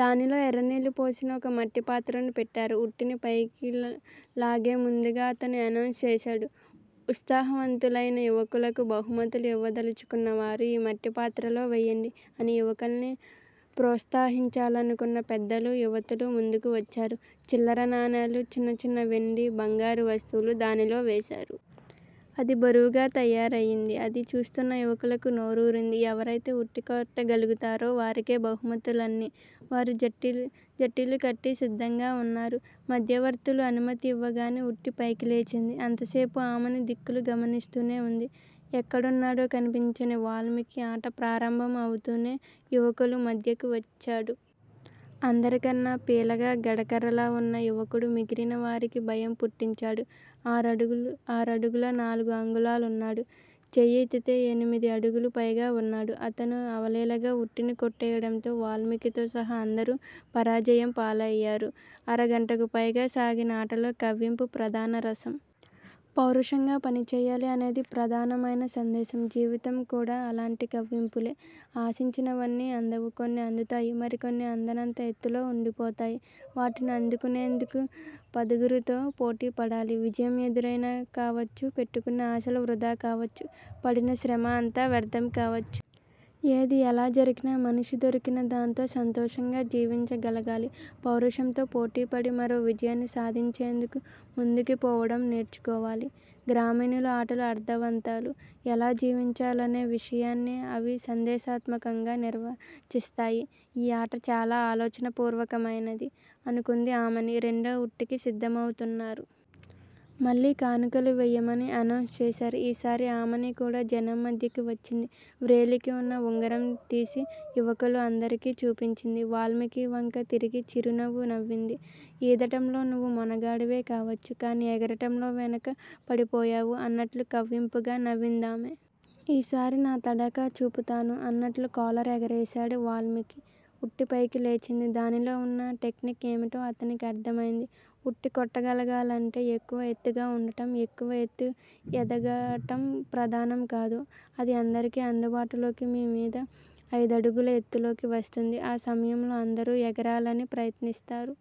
దానిలో ఎర్రనీళ్ళు పోసిన ఒక మట్టిపాత్రను పెట్టారు. ఉట్టిని పైకిలాగే ముందుగా అతను ఎనౌన్స్ చేశాడు. ఉత్సాహవంతులయిన యువకులకు బహుమతులు ఇవ్వదలుచుకున్నవారు ఈ మట్టిపాత్రలో వేయండి! అని. యువకుల్ని ప్రోత్సహించాలనుకున్న పెద్దలు, యువతులు ముందుకు వచ్చారు. చిల్లర నాణాలు, చిన్నచిన్న వెండి, బంగారు వస్తువులు దానిలో వేశారు. అది బరువుగా తయారయింది. అది చూస్తున్న యువకులకు నోరూరింది. ఎవరైతే ఉట్టి కొట్టగలుగుతారో వారికే బహుమతులన్నీ. వారు జట్టీలు కట్టి సిద్ధంగా వున్నారు. మధ్యవర్తులు అనుమతి ఇవ్వగానే ఉట్టి పైకిలేచింది. అంతసేపూ ఆమని దిక్కులు గమనిస్తూనే వుంది. ఎక్కడున్నాడో కన్పించని వాల్మీకి ఆట ప్రారంభం అవుతూనే యువకుల మధ్యకు వచ్చాడు. అందరికన్నా పీలగా గెడ కర్రలా వున్న యువకుడు మిగిలిన వారికి భయం పుట్టించాడు. ఆరడుగుల నాలుగు అంగుళాలున్నాడు. చెయ్యి ఎత్తితే ఎనిమిది అడుగులు పైగా వున్నాడు. అతడు అవలీలగా ఉట్టిని కొట్టేయడంతో వాల్మీకితో సహా అందరూ పరాజయం పాలు అయ్యారు. అరగంటకు పైగా సాగిన ఆటలో కవ్వింపు ప్రధాన రసం! పౌరుషంగా పనిచేయాలి అనేది ప్రధానమయిన సందేశం! జీవితం కూడ అలాంటి కవ్వింపులే! ఆశించినవన్నీ అందవు. కొన్ని అందుతాయి. మరికొన్ని అందనంత ఎత్తులో ఉండిపోతాయి. వాటిని అందుకునేందుకు పదుగురితో పోటీపడాలి. విజయం ఎదురైనా కావచ్చు. పెట్టుకున్న ఆశలు వృధా కావచ్చు. పడిన శ్రమ అంతా వ్యర్ధం కావచ్చు. ఏది ఎలా జరిగినా మనిషి దొరికిన దాంతో సంతోషంగా జివించగలగాలి! పౌరుషంతో పోటీపడి మరో విజయాన్ని సాధించేందుకు ముందుకు పోవటం నేర్చుకోవాలి! గ్రామీణుల ఆటలు అర్ధవంతాలు!! ఎలా జీవించాలనే విషయాన్ని అవి సందేశాత్మకంగా నిర్వచిస్తాయి. ఈ ఆట చాల ఆలోచనా పూర్వకమయినది అనుకుంది ఆమని!! రెండో ఉట్టికి సిద్ధమవుతున్నారు. మళ్ళీ కానుకలు వేయమని అనౌన్స్ చేశారు. ఈసారి ఆమని కూడా జనం మధ్యకు వచ్చింది. వ్రేలికి ఉన్న ఉంగరం తీసి యువకులు అందరికి చూపించింది. వాల్మీకి వంక తిరిగి చిరునవ్వు నవ్వింది. ఈదటంలో నువ్వు మొనగాడివేకావచ్చు. కాని ఎగరటంలో వెనుక పడిపోయావు అన్నట్లు కవ్వింపుగా నవ్విందామె! ఈసారి నా తడాఖా చూపుతాను అన్నట్లు కాలర్ ఎగురవేశాడు వాల్మీకి! ఉట్టిపైకి లేచింది. దానిలో ఉన్న టెక్నిక్ ఏమిటో అతనికి అర్ధమయింది. ఉట్టి కొట్టగలగాలంటే ఎక్కువ ఎత్తుగా ఉండటం ఎక్కువ ఎత్తు ఎదగటం ప్రధానంకాదు. అది అందరికి అందుబాటులోకి మీమీద అయిదడుగుల ఎత్తులోకి వస్తుంది. ఆ సమయంలో అందరూ ఎగరాలని ప్రయత్నిస్తారు.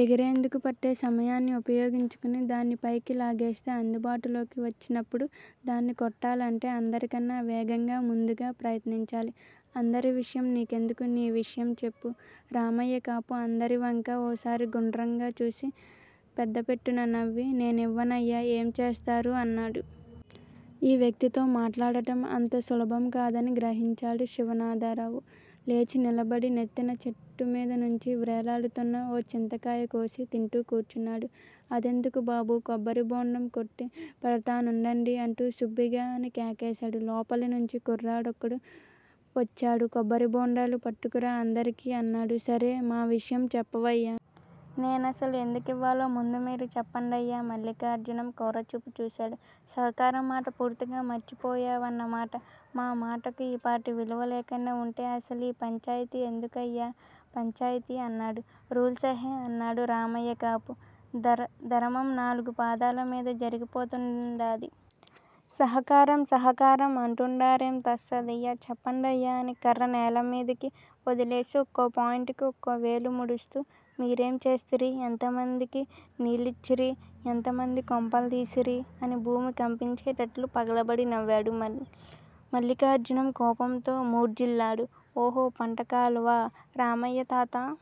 ఎగిరేందుకు పట్టే సమయాన్ని ఉపయోగించుకుని దాన్ని పైకి లాగేస్తే అందుబాటులోకి వచ్చినప్పుడు దాన్ని కొట్టాలంటే అందరికన్నా వేగంగా ముందుగా ప్రయత్నించాలి! అందరివిషయం నీకెందుకు? నీ విషయం చెప్పు? రామయ్య కాపు అందరివంకా ఓసారి గుండ్రంగా చూసి, పెద్దపెట్టున నవ్వి 'నేనివ్వనయ్యా, ఏం చేస్తారు? ' అన్నాడు. ఈ వ్యక్తితో మాట్లాడటం అంత సులభంకాదని గ్రహించాడు శివనాథరావు. లేచినిలబడి నెత్తిన చెట్టుమీదనుంచి వ్రేలాడుతోన్న ఓ చింతకాయ కోసి తింటూ కూర్చున్నాడు. అదెందుకు బాబూ? కొబ్బరిబోండాం కొట్టిపెడతానుండండి అంటూ సుబ్బిగా అని కేకేశాడు. లోపలినుంచి కుర్రాడొకడు వచ్చాడు. కొబ్బరిబోండాలు పట్టుకురా అందరికీ' అన్నాడు. సరే! మా విషయం చెప్పవయ్యా? నేనసలు ఎందుకివ్వాలో ముందు మీరు చెప్పండయ్యా? మల్లిఖార్జునం కోరచూపు చూశాడు. 'సహకారం మాట పూర్తిగా మరిచిపో యావన్నమాట. మా మాటకు ఈ పాటి విలువలేకుండా వుంటే అసలీ పంచాయితీ ఎందుకయ్యా, పంచాయితీ? ' అన్నాడు. రూల్సెహే! అన్నాడు రామయ్యకాపు. 'దరమం నాలుగు పాదాలామీద జరిగి పోతుండాది. సహకారం సహకారం అంటుండారేం. తస్సదియ్యా చెప్పండయ్యా? అని కర్ర నేలమీదికి ఒదిలేసి ఒక్కోపాయింటుకూ ఒక్కో వేలు ముడుస్తూ 'మీరేం చేస్తిరీ, ఎంతమందికి నీళ్ళిచ్చిరీ, ఎంతమంది కొంపల్దీసిరీ' అని భూమి కంపించేటట్లు పగలబడి నవ్వాడు. మల్లిఖార్జునం కోపంతో మూర్జిల్లాడు. ఓహో, పంటకాలవ? రామయ్యతాత